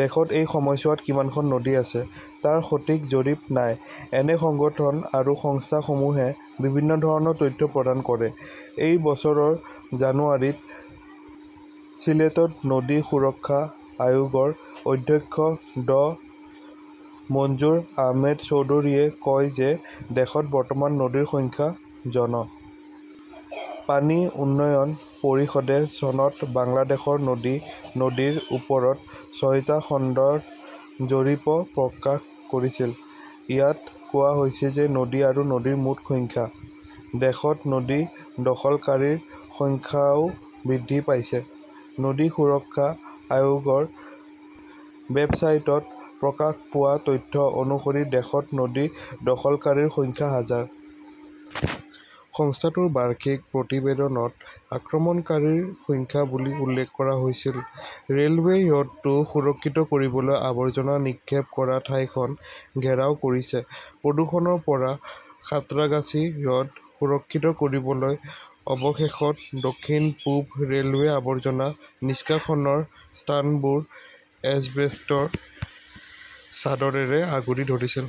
দেশত এই সময়ছোৱাত কিমানখন নদী আছে তাৰ সঠিক জৰীপ নাই। একে সংগঠন আৰু সংস্থাসমূহে বিভিন্ন ধৰণৰ তথ্য প্ৰদান কৰে। এই বছৰৰ জানুৱাৰীত চিলেটত নদী সুৰক্ষা আয়োগৰ অধ্যক্ষ ড মঞ্জুৰ আহমেদ চৌধুৰীয়ে কয় যে দেশত বৰ্তমান নদীৰ সংখ্যা জন। পানী উন্নয়ন পৰিষদে চনত বাংলাদেশৰ নদী-নদীৰ ওপৰত ছয়টা খণ্ডৰ জৰীপ প্ৰকাশ কৰিছিল। ইয়াত কোৱা হৈছে যে নদী আৰু নদীৰ মুঠ সংখ্যা। দেশত নদী দখলকাৰীৰ সংখ্যাও বৃদ্ধি পাইছে। নদী সুৰক্ষা আয়োগৰ ৱেবছাইটত প্ৰকাশ পোৱা তথ্য অনুসৰি দেশত নদী দখলকাৰীৰ সংখ্যা হাজাৰ। সংস্থাটোৰ চনৰ বাৰ্ষিক প্ৰতিবেদনত আক্ৰমণকাৰীৰ সংখ্যা বুলি উল্লেখ কৰা হৈছিল। ৰে "লৱেই হ্ৰদটো সুৰক্ষিত কৰিবলৈ আৱৰ্জনা নিক্ষেপ কৰা ঠাইখন ঘেৰাও কৰিছে প্ৰদূষণৰ পৰা সাঁত্ৰাগাছী হ্ৰদ সুৰক্ষিত কৰিবলৈ অৱশেষত দক্ষিণ-পূব ৰে 'লৱে আবৰ্জনা নিষ্কাশনৰ স্থানবোৰ এছবেষ্টৰ চাদৰেৰে আগুৰি ধৰিছিল।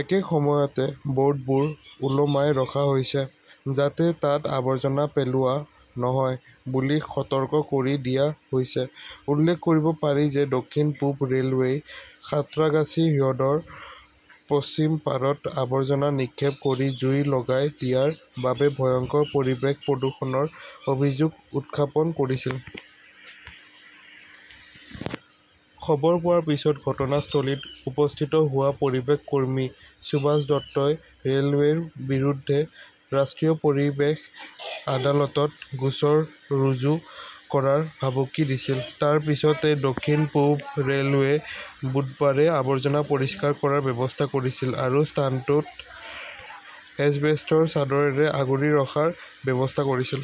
একে সময়তে, ব "ৰ্ডবোৰ ওলমাই ৰখা হৈছে, যাতে তাত আৱৰ্জনা পেলোৱা নহয় বুলি সতৰ্ক কৰি দিয়া হৈছে। উল্লেখ কৰিব পাৰি যে দক্ষিণ-পূব ৰে 'লৱেই সাঁত্ৰাগাছী হ্ৰদৰ পশ্চিম পাৰত আৱৰ্জনা নিক্ষেপ কৰি জুই লগাই দিয়াৰ বাবে ভয়ংকৰ পৰিৱেশ প্ৰদূষণৰ অভিযোগ উত্থাপন কৰিছিল। খবৰ পোৱাৰ পিছত ঘটনাস্থলীত উপস্থিত হোৱা পৰিৱেশ কৰ্মী সুভাষ দত্তই ৰে "লৱেৰ বিৰুদ্ধে ৰাষ্ট্ৰীয় পৰিৱেশ আদালতত গোচৰ ৰুজু কৰাৰ ভাবুকি দিছিল। তাৰ পিছতে দক্ষিণ-পূব ৰে 'লৱে বুধবাৰে আৱৰ্জনা পৰিষ্কাৰ কৰাৰ ব্যৱস্থা কৰিছিল আৰু স্থানটোক এছবেষ্টৰ চাদৰেৰে আগুৰি ৰখাৰ ব্যৱস্থা কৰিছিল।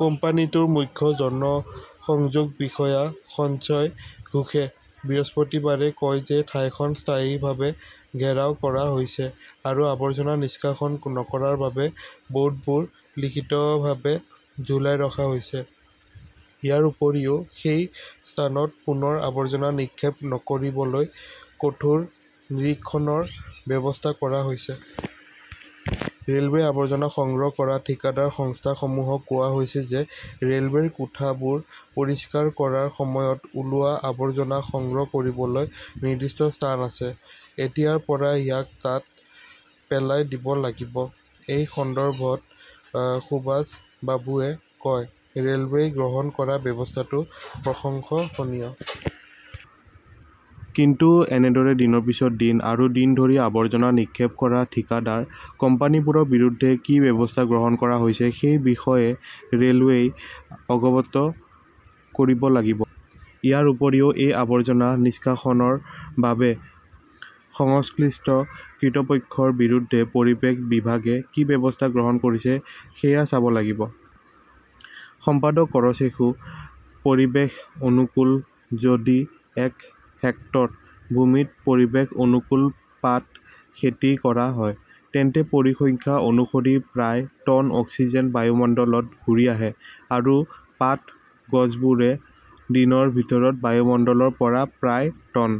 কোম্পানীটোৰ মুখ্য জনসংযোগ বিষয়া সঞ্জয় ঘোষে বৃহস্পতিবাৰে কয় যে ঠাইখন স্থায়ীভাৱে ঘেৰাও কৰা হৈছে আৰু আৱৰ্জনা নিষ্কাশন নকৰাৰ বাবে বোৰ্ডবোৰ লিখিতভাৱে ঝুলাই ৰখা হৈছে। ইয়াৰ উপৰিও, সেই স্থানত পুনৰ আৱৰ্জনা নিক্ষেপ নকৰিবলৈ কঠোৰ নিৰীক্ষণৰ ব্যৱস্থা কৰা হৈছে। "ৰে" লৱেৰ আৱৰ্জনা সংগ্ৰহ কৰা ঠিকাদাৰ সংস্থাসমূহক কোৱা হৈছে যে ৰে "লৱেৰ কোঠাবোৰ পৰিষ্কাৰ কৰাৰ সময়ত ওলোৱা আৱৰ্জনা সংগ্ৰহ কৰিবলৈ নিৰ্দিষ্ট স্থান আছে। এতিয়াৰ পৰা ইয়াক তাত পেলাই দিব লাগিব। "এই সন্দৰ্ভত সুভাষ বাবুৱে কয়", ৰে "লৱেই গ্ৰহণ কৰা ব্যৱস্থাটো প্ৰশংসনীয়। কিন্তু এনেদৰে দিনৰ পিছত দিন আৰু দিন ধৰি আৱৰ্জনা নিক্ষেপ কৰা ঠিকাদাৰ কোম্পানীবোৰৰ বিৰুদ্ধে কি ব্যৱস্থা গ্ৰহণ কৰা হৈছে সেই বিষয়ে ৰে "লৱেই অৱগত কৰিব লাগিব। ইয়াৰ উপৰিও, এই আৱৰ্জনা নিষ্কাশনৰ বাবে সংশ্লিষ্ট কৰ্তৃপক্ষৰ বিৰুদ্ধে পৰিৱেশ বিভাগে কি ব্যৱস্থা গ্ৰহণ কৰিছে সেয়া চাব লাগিব। "। সম্পাদক কৰচেশুঃ পৰিৱেশ-অনুকূল যদি এক হেক্টৰ ভূমিত পৰিৱেশ-অনুকূল পাট খেতি কৰা হয়, তেন্তে পৰিসংখ্যা অনুসৰি প্ৰায় টন অক্সিজেন বায়ুমণ্ডলত ঘূৰি আহে, আৰু পাট গছবোৰে দিনৰ ভিতৰত বায়ুমণ্ডলৰ পৰা প্ৰায় টন